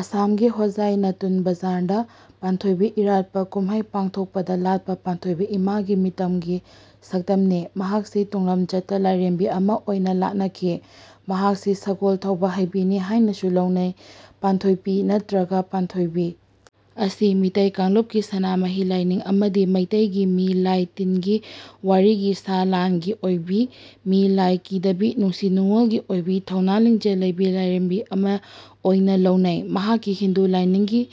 ꯑꯁꯥꯝ ꯒꯤ ꯍꯣꯖꯥꯢ ꯅꯇꯨꯟ ꯕꯖꯥꯔ ꯗ ꯄꯥꯟꯊꯣꯢꯕꯤ ꯏꯔꯥꯠꯄ ꯀꯨꯝꯍꯩ ꯄꯥꯡꯊꯣꯛꯄꯗ ꯂꯥꯠꯄ ꯄꯥꯟꯊꯣꯢꯕꯤ ꯏꯃꯥ ꯒꯤ ꯃꯤꯇꯝ ꯒꯤ ꯁꯛꯇꯝ ꯅꯤ꯫ ꯃꯍꯥꯛꯁꯤ ꯇꯨꯡꯂꯝꯆꯠꯇ ꯂꯥꯢꯔꯦꯝꯕꯤ ꯑꯃ ꯑꯣꯢꯅ ꯂꯥꯠꯅꯈꯤ꯫ ꯃꯍꯥꯛꯁꯤ ꯁꯒꯣꯜ ꯊꯧꯕ ꯍꯩꯕꯤꯅꯤ ꯍꯥꯢꯅꯁꯨ ꯂꯧꯅꯩ꯫ ꯄꯥꯟꯊꯣꯢꯄꯤ ꯅꯠꯇ꯭ꯔꯒ ꯄꯥꯟꯊꯣꯢꯕꯤ ꯑꯁꯤ ꯃꯤꯇꯩ ꯀꯥꯡꯂꯨꯞꯀꯤ ꯁꯅꯥꯃꯍꯤ ꯂꯥꯏꯅꯤꯡ ꯑꯃꯗꯤ ꯃꯩꯇꯩꯒꯤ ꯃꯤ ꯂꯥꯢ ꯇꯤꯟꯒꯤ ꯋꯥꯔꯤꯒꯤ ꯁꯥ ꯂꯥꯟ ꯒꯤ ꯑꯣꯢꯕꯤ ꯃꯤ ꯂꯥꯢ ꯀꯤꯗꯕꯤ ꯅꯨꯡꯁꯤ ꯅꯨꯡꯑꯣꯜꯒꯤ ꯑꯣꯢꯕꯤ ꯊꯧꯅꯥ ꯂꯤꯡꯖꯦꯜ ꯂꯩꯕꯤ ꯂꯥꯢꯔꯦꯝꯕꯤ ꯑꯃ ꯑꯣꯢꯅ ꯂꯧꯢ꯫ ꯃꯍꯥꯛꯀꯤ ꯍꯤꯟꯗꯨ ꯂꯥꯢꯅꯤꯡꯒꯤ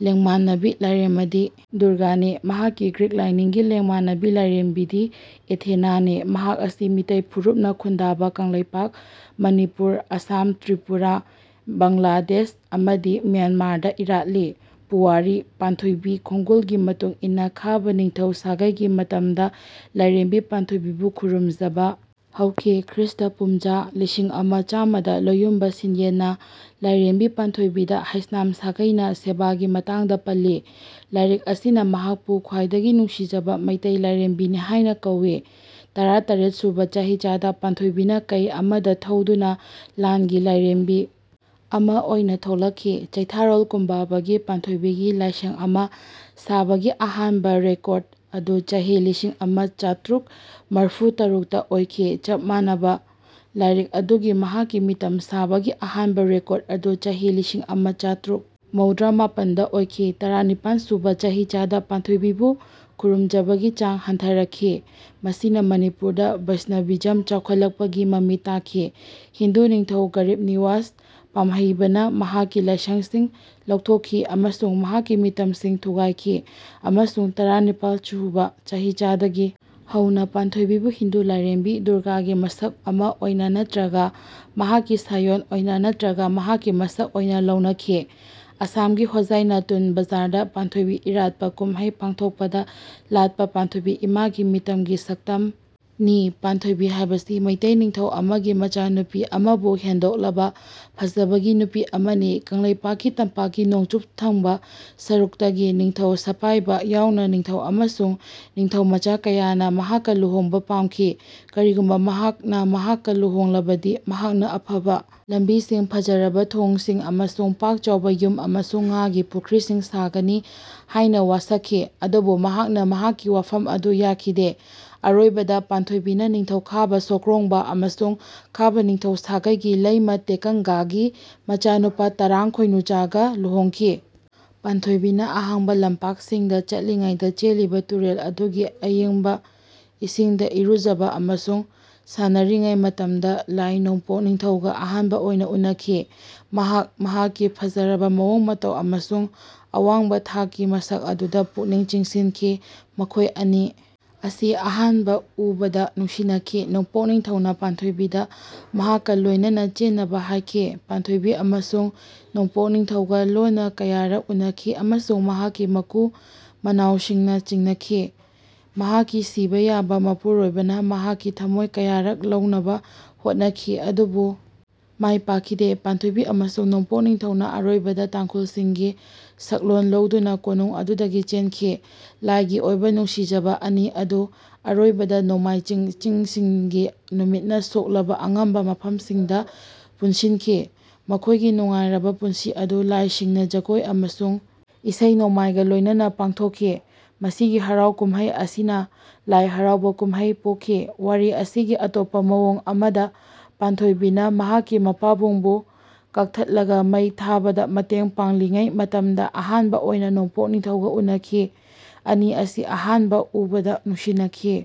ꯂꯦꯡꯃꯥꯟꯅꯕꯤ ꯂꯥꯢꯔꯦꯝꯃꯗꯤ ꯗꯨꯔꯒꯥꯅꯤ꯫ ꯃꯍꯥꯛꯀꯤ ꯒ꯭ꯔꯤꯛ ꯂꯥꯢꯅꯤꯡꯒꯤ ꯂꯦꯡꯃꯥꯟꯅꯕꯤ ꯂꯥꯢꯔꯦꯝꯕꯤꯗꯤ ꯑꯦꯊꯦꯅꯥ ꯅꯤ꯫ ꯃꯍꯥꯛ ꯑꯁꯤ ꯃꯤꯇꯩ ꯐꯨꯔꯨꯞꯅ ꯈꯨꯟꯗꯥꯕ ꯀꯪꯂꯩꯄꯥꯛ ꯃꯅꯤꯄꯨꯔ ꯑꯁꯥꯝ ꯇ꯭ꯔꯤꯄꯨꯔꯥ ꯕꯪꯂꯥꯗꯦꯁ ꯑꯃꯗꯤ ꯃ꯭ꯌꯥꯟꯃꯥꯔꯗ ꯏꯔꯥꯠꯂꯤ꯫ ꯄꯨꯋꯥꯔꯤ ꯄꯥꯟꯊꯣꯏꯕꯤ ꯈꯣꯡꯒꯨꯜꯒꯤ ꯃꯇꯨꯡ ꯏꯟꯅ ꯈꯥꯕ ꯅꯤꯡꯊꯧ ꯁꯥꯒꯩꯒꯤ ꯃꯇꯝꯗ ꯂꯥꯏꯔꯦꯝꯕꯤ ꯄꯥꯟꯊꯣꯏꯕꯤꯕꯨ ꯈꯨꯔꯨꯝꯖꯕ ꯍꯧꯈꯤ꯫ ꯈ꯭ꯔꯤꯁꯇ ꯄꯨꯝꯖꯥ ꯂꯤꯁꯤꯡ ꯑꯃ ꯆꯥꯝꯃꯗ ꯂꯣꯌꯨꯝꯕ ꯁꯤꯟꯌꯦꯟꯅ ꯂꯥꯏꯔꯦꯝꯕꯤ ꯄꯥꯟꯊꯣꯏꯕꯤꯗ ꯍꯥꯏꯁꯅꯝ ꯁꯥꯒꯩꯅ ꯁꯦꯕꯥꯒꯤ ꯃꯇꯥꯡꯗ ꯄꯜꯂꯤ꯫ ꯂꯥꯏꯔꯤꯛ ꯑꯁꯤꯅ ꯃꯍꯥꯛꯄꯨ ꯈ꯭ꯋꯥꯏꯗꯒꯤ ꯅꯨꯡꯁꯤꯖꯕ ꯃꯩꯇꯩ ꯂꯥꯏꯔꯦꯝꯕꯤꯅꯤ ꯍꯥꯏꯅ ꯀꯧꯏ꯫ ꯇꯔꯥꯇꯔꯦꯠ ꯁꯨꯕ ꯆꯍꯤꯆꯥꯗ ꯄꯥꯟꯊꯣꯏꯕꯤꯅ ꯀꯩ ꯑꯃꯗ ꯊꯧꯗꯨꯅ ꯂꯥꯟꯒꯤ ꯂꯥꯏꯔꯦꯝꯕꯤ ꯑꯃ ꯑꯣꯏꯅ ꯊꯣꯛꯂꯛꯈꯤ꯫ ꯆꯩꯊꯥꯔꯣꯜ ꯀꯨꯝꯕꯥꯕꯥꯒꯤ ꯄꯥꯟꯊꯣꯏꯕꯤꯒꯤ ꯂꯥꯏꯁꯪ ꯑꯃ ꯁꯥꯕꯒꯤ ꯑꯍꯥꯟꯕ ꯔꯦꯀꯣꯔ꯭ꯗ ꯑꯗꯨ ꯆꯍꯤ ꯂꯤꯁꯤꯡ ꯑꯃ ꯆꯥꯇ꯭ꯔꯨꯛ ꯃꯔꯐꯨ ꯇꯔꯨꯛꯇ ꯑꯣꯏꯈꯤ꯫ ꯆꯞ ꯃꯥꯟꯅꯕ ꯂꯥꯏꯔꯤꯛ ꯑꯗꯨꯒꯤ ꯃꯍꯥꯛꯀꯤ ꯃꯤꯇꯝ ꯁꯥꯕꯒꯤ ꯑꯍꯥꯟꯕ ꯔꯦꯀꯣꯔ꯭ꯗ ꯑꯗꯨ ꯆꯍꯤ ꯂꯤꯁꯤꯡ ꯑꯃ ꯆꯥꯇ꯭ꯔꯨꯛ ꯃꯧꯗ꯭ꯔꯥ ꯃꯥꯄꯟꯗ ꯑꯣꯏꯈꯤ꯫ ꯇꯔꯥꯅꯤꯄꯥꯟ ꯁꯨꯕ ꯆꯍꯤꯆꯥꯗ ꯄꯥꯟꯊꯣꯏꯕꯤꯕꯨ ꯈꯨꯔꯨꯝꯖꯕꯒꯤ ꯆꯥꯡ ꯍꯟꯊꯔꯛꯈꯤ ꯃꯁꯤꯅ ꯃꯅꯤꯄꯨꯔꯗ ꯕꯩꯁꯅꯚꯤꯖꯝ ꯆꯥꯎꯈꯠꯂꯛꯄꯒꯤ ꯃꯃꯤ ꯇꯥꯈꯤ꯫ ꯍꯤꯟꯗꯨ ꯅꯤꯡꯊꯧ ꯒꯔꯤꯕ ꯅꯤꯋꯥꯖ ꯄꯥꯝꯍꯩꯕꯥ ꯅ ꯃꯍꯥꯛꯀꯤ ꯂꯥꯏꯁꯪꯁꯤꯡ ꯂꯧꯊꯣꯛꯈꯤ ꯑꯃꯁꯨꯡ ꯃꯍꯥꯛꯀꯤ ꯃꯤꯇꯝꯁꯤꯡ ꯊꯨꯒꯥꯏꯈꯤ ꯑꯃꯁꯨꯡ ꯇꯔꯥꯅꯤꯄꯥꯜ ꯁꯨꯕ ꯆꯍꯤꯆꯥꯗꯒꯤ ꯍꯧꯅ ꯄꯥꯟꯊꯣꯏꯕꯤꯕꯨ ꯍꯤꯟꯗꯨ ꯂꯥꯏꯔꯦꯝꯕꯤ ꯗꯨꯔꯒꯥꯒꯤ ꯃꯁꯛ ꯑꯃ ꯑꯣꯏꯅ ꯅꯠꯇ꯭ꯔꯒ ꯃꯍꯥꯛꯀꯤ ꯁꯥꯌꯣꯟ ꯑꯣꯏꯅ ꯅꯠꯇ꯭ꯔꯒ ꯃꯍꯥꯛꯀꯤ ꯃꯁꯛ ꯑꯣꯏꯅ ꯂꯧꯅꯈꯤ꯫ ꯑꯁꯥꯝꯒꯤ ꯍꯣꯖꯥꯢ ꯅꯇꯨꯟ ꯕꯖꯥꯔ ꯗ ꯄꯥꯟꯊꯣꯢꯕꯤ ꯏꯔꯥꯠꯄ ꯀꯨꯝꯍꯩ ꯄꯥꯡꯊꯣꯛꯄꯗ ꯂꯥꯠꯄ ꯄꯥꯟꯊꯣꯢꯕꯤ ꯏꯃꯥ ꯒꯤ ꯃꯤꯇꯝ ꯒꯤ ꯁꯛꯇꯝ ꯅꯤ꯫ ꯄꯥꯟꯊꯣꯏꯕꯤ ꯍꯥꯏꯕꯁꯤ ꯃꯩꯇꯩ ꯅꯤꯡꯊꯧ ꯑꯃꯒꯤ ꯃꯆꯥꯅꯨꯄꯤ ꯑꯃꯥꯕꯨ ꯍꯦꯟꯗꯣꯛꯂꯕ ꯐꯖꯕꯒꯤ ꯅꯨꯄꯤ ꯑꯃꯅꯤ꯫ ꯀꯪꯂꯩꯄꯥꯛꯀꯤ ꯇꯝꯄꯥꯛꯀꯤ ꯅꯣꯡꯆꯨꯞ ꯊꯪꯕ ꯁꯔꯨꯛꯇꯒꯤ ꯅꯤꯡꯊꯧ ꯁꯄꯥꯏꯕꯥ ꯌꯥꯎꯅ ꯅꯤꯡꯊꯧ ꯑꯃꯁꯨꯡ ꯅꯤꯡꯊꯧꯃꯆꯥ ꯀꯌꯥꯅ ꯃꯍꯥꯛꯀ ꯂꯨꯍꯣꯡꯕ ꯄꯥꯝꯈꯤ꯫ ꯀꯔꯤꯒꯨꯝꯕ ꯃꯍꯥꯛꯅ ꯃꯍꯥꯛꯀ ꯂꯨꯍꯣꯡꯂꯕꯗꯤ ꯃꯍꯥꯛꯅ ꯑꯐꯕ ꯂꯝꯕꯤꯁꯤꯡ ꯐꯖꯔꯕ ꯊꯣꯡꯁꯤꯡ ꯑꯃꯁꯨꯡ ꯄꯥꯛꯆꯥꯎꯕ ꯌꯨꯝ ꯑꯃꯁꯨꯡ ꯉꯥꯒꯤ ꯄꯨꯈ꯭ꯔꯤꯁꯤꯡ ꯁꯥꯒꯅꯤ ꯍꯥꯏꯅ ꯋꯥꯁꯛꯈꯤ ꯑꯗꯨꯕꯨ ꯃꯍꯥꯛꯅ ꯃꯍꯥꯛꯀꯤ ꯋꯥꯐꯝ ꯑꯗꯨ ꯌꯥꯈꯤꯗꯦ꯫ ꯑꯔꯣꯏꯕꯗ ꯄꯥꯟꯊꯣꯏꯕꯤꯅ ꯅꯤꯡꯊꯧ ꯈꯥꯕ ꯁꯣꯀ꯭ꯔꯣꯡꯕꯥ ꯑꯃꯁꯨꯡ ꯈꯥꯕꯥ ꯅꯤꯡꯊꯧ ꯁꯥꯒꯩꯒꯤ ꯂꯩꯃ ꯇꯦꯀꯪꯒꯥꯒꯤ ꯃꯆꯥꯅꯨꯄꯥ ꯇꯔꯥꯡ ꯈꯣꯏꯅꯨꯆꯥꯒ ꯂꯨꯍꯣꯡꯈꯤ꯫ ꯄꯥꯟꯊꯣꯏꯕꯤꯅ ꯑꯍꯥꯡꯕ ꯂꯝꯄꯥꯛꯁꯤꯡꯗ ꯆꯠꯂꯤꯉꯩꯗ ꯆꯦꯜꯂꯤꯕ ꯇꯨꯔꯦꯜ ꯑꯗꯨꯒꯤ ꯑꯏꯪꯕ ꯏꯁꯤꯡꯗ ꯏꯔꯨꯖꯕ ꯑꯃꯁꯨꯡ ꯁꯥꯟꯅꯔꯤꯉꯩ ꯃꯇꯝꯗ ꯂꯥꯏ ꯅꯣꯡꯄꯣꯛ ꯅꯤꯡꯊꯧꯒ ꯑꯍꯥꯟꯕ ꯑꯣꯏꯅ ꯎꯅꯈꯤ꯫ ꯃꯍꯥꯛ ꯃꯍꯥꯛꯀꯤ ꯐꯖꯔꯕ ꯃꯑꯣꯡ ꯃꯇꯧ ꯑꯃꯁꯨꯡ ꯑꯋꯥꯡꯕ ꯊꯥꯛꯀꯤ ꯃꯁꯛ ꯑꯗꯨꯗ ꯄꯨꯛꯅꯤꯡ ꯆꯤꯡꯁꯤꯟꯈꯤ꯫ ꯃꯈꯣꯏ ꯑꯅꯤ ꯑꯁꯤ ꯑꯍꯥꯟꯕ ꯎꯕꯗ ꯅꯨꯡꯁꯤꯅꯈꯤ꯫ ꯅꯣꯡꯄꯣꯛ ꯅꯤꯡꯊꯧꯅ ꯄꯥꯟꯊꯣꯏꯕꯤꯗ ꯃꯍꯥꯛꯀ ꯂꯣꯏꯅꯅ ꯆꯦꯟꯅꯕ ꯍꯥꯏꯈꯤ꯫ ꯄꯥꯟꯊꯣꯏꯕꯤ ꯑꯃꯁꯨꯡ ꯅꯣꯡꯄꯣꯛ ꯅꯤꯡꯊꯧꯒ ꯂꯣꯟꯅ ꯀꯌꯥꯔꯛ ꯎꯅꯈꯤ ꯑꯃꯁꯨꯡ ꯃꯍꯥꯛꯀꯤ ꯃꯀꯨ ꯃꯅꯥꯎꯁꯤꯡꯅ ꯆꯤꯡꯅꯈꯤ꯫ ꯃꯍꯥꯛꯀꯤ ꯁꯤꯕ ꯌꯥꯕ ꯃꯄꯨꯔꯣꯏꯕꯅ ꯃꯍꯥꯛꯀꯤ ꯊꯃꯣꯏ ꯀꯌꯥꯔꯛ ꯂꯧꯅꯕ ꯍꯣꯠꯅꯈꯤ ꯑꯗꯨꯕꯨ ꯃꯥꯏ ꯄꯥꯛꯈꯤꯗꯦ꯫ ꯄꯥꯟꯊꯣꯏꯕꯤ ꯑꯃꯁꯨꯡ ꯅꯣꯡꯄꯣꯛ ꯅꯤꯡꯊꯧꯅ ꯑꯔꯣꯏꯕꯗ ꯇꯥꯡꯈꯨꯜꯁꯤꯡꯒꯤ ꯁꯛꯂꯣꯟ ꯂꯧꯗꯨꯅ ꯀꯣꯅꯨꯡ ꯑꯗꯨꯗꯒꯤ ꯆꯦꯟꯈꯤ꯫ ꯂꯥꯏꯒꯤ ꯑꯣꯏꯕ ꯅꯨꯡꯁꯤꯖꯕ ꯑꯅꯤ ꯑꯗꯨ ꯑꯔꯣꯏꯕꯗ ꯅꯣꯡꯃꯥꯏꯆꯤꯡ ꯆꯤꯡꯁꯤꯡꯒꯤ ꯅꯨꯃꯤꯠꯅ ꯁꯣꯛꯂꯕ ꯑꯉꯝꯕ ꯃꯐꯝꯁꯤꯡꯗ ꯄꯨꯟꯁꯤꯟꯈꯤ꯫ ꯃꯈꯣꯏꯒꯤ ꯅꯨꯡꯉꯥꯏꯔꯕ ꯄꯨꯟꯁꯤ ꯑꯗꯨ ꯂꯥꯏꯁꯤꯡꯅ ꯖꯒꯣꯏ ꯑꯃꯁꯨꯡ ꯏꯁꯩ ꯅꯣꯡꯃꯥꯏꯒ ꯂꯣꯏꯅꯅ ꯄꯥꯡꯊꯣꯛꯈꯤ꯫ ꯃꯁꯤꯒꯤ ꯍꯔꯥꯎ ꯀꯨꯝꯍꯩ ꯑꯁꯤꯅ ꯂꯥꯏ ꯍꯔꯥꯎꯕꯥ ꯀꯨꯝꯍꯩ ꯄꯣꯛꯈꯤ꯫ ꯋꯥꯔꯤ ꯑꯁꯤꯒꯤ ꯑꯇꯣꯞꯄ ꯃꯑꯣꯡ ꯑꯃꯗ ꯄꯥꯟꯊꯣꯏꯕꯤꯅ ꯃꯍꯥꯛꯀꯤ ꯃꯄꯥꯕꯨꯡꯕꯨ ꯀꯛꯊꯠꯂꯒ ꯃꯩ ꯊꯥꯕꯗ ꯃꯇꯦꯡ ꯄꯥꯡꯂꯤꯉꯩ ꯃꯇꯝꯗ ꯑꯍꯥꯟꯕ ꯑꯣꯏꯅ ꯅꯣꯡꯄꯣꯛ ꯅꯤꯡꯊꯧꯒ ꯎꯅꯈꯤ꯫ ꯑꯅꯤ ꯑꯁꯤ ꯑꯍꯥꯟꯕ ꯎꯕꯗ ꯅꯨꯡꯁꯤꯅꯈꯤ꯫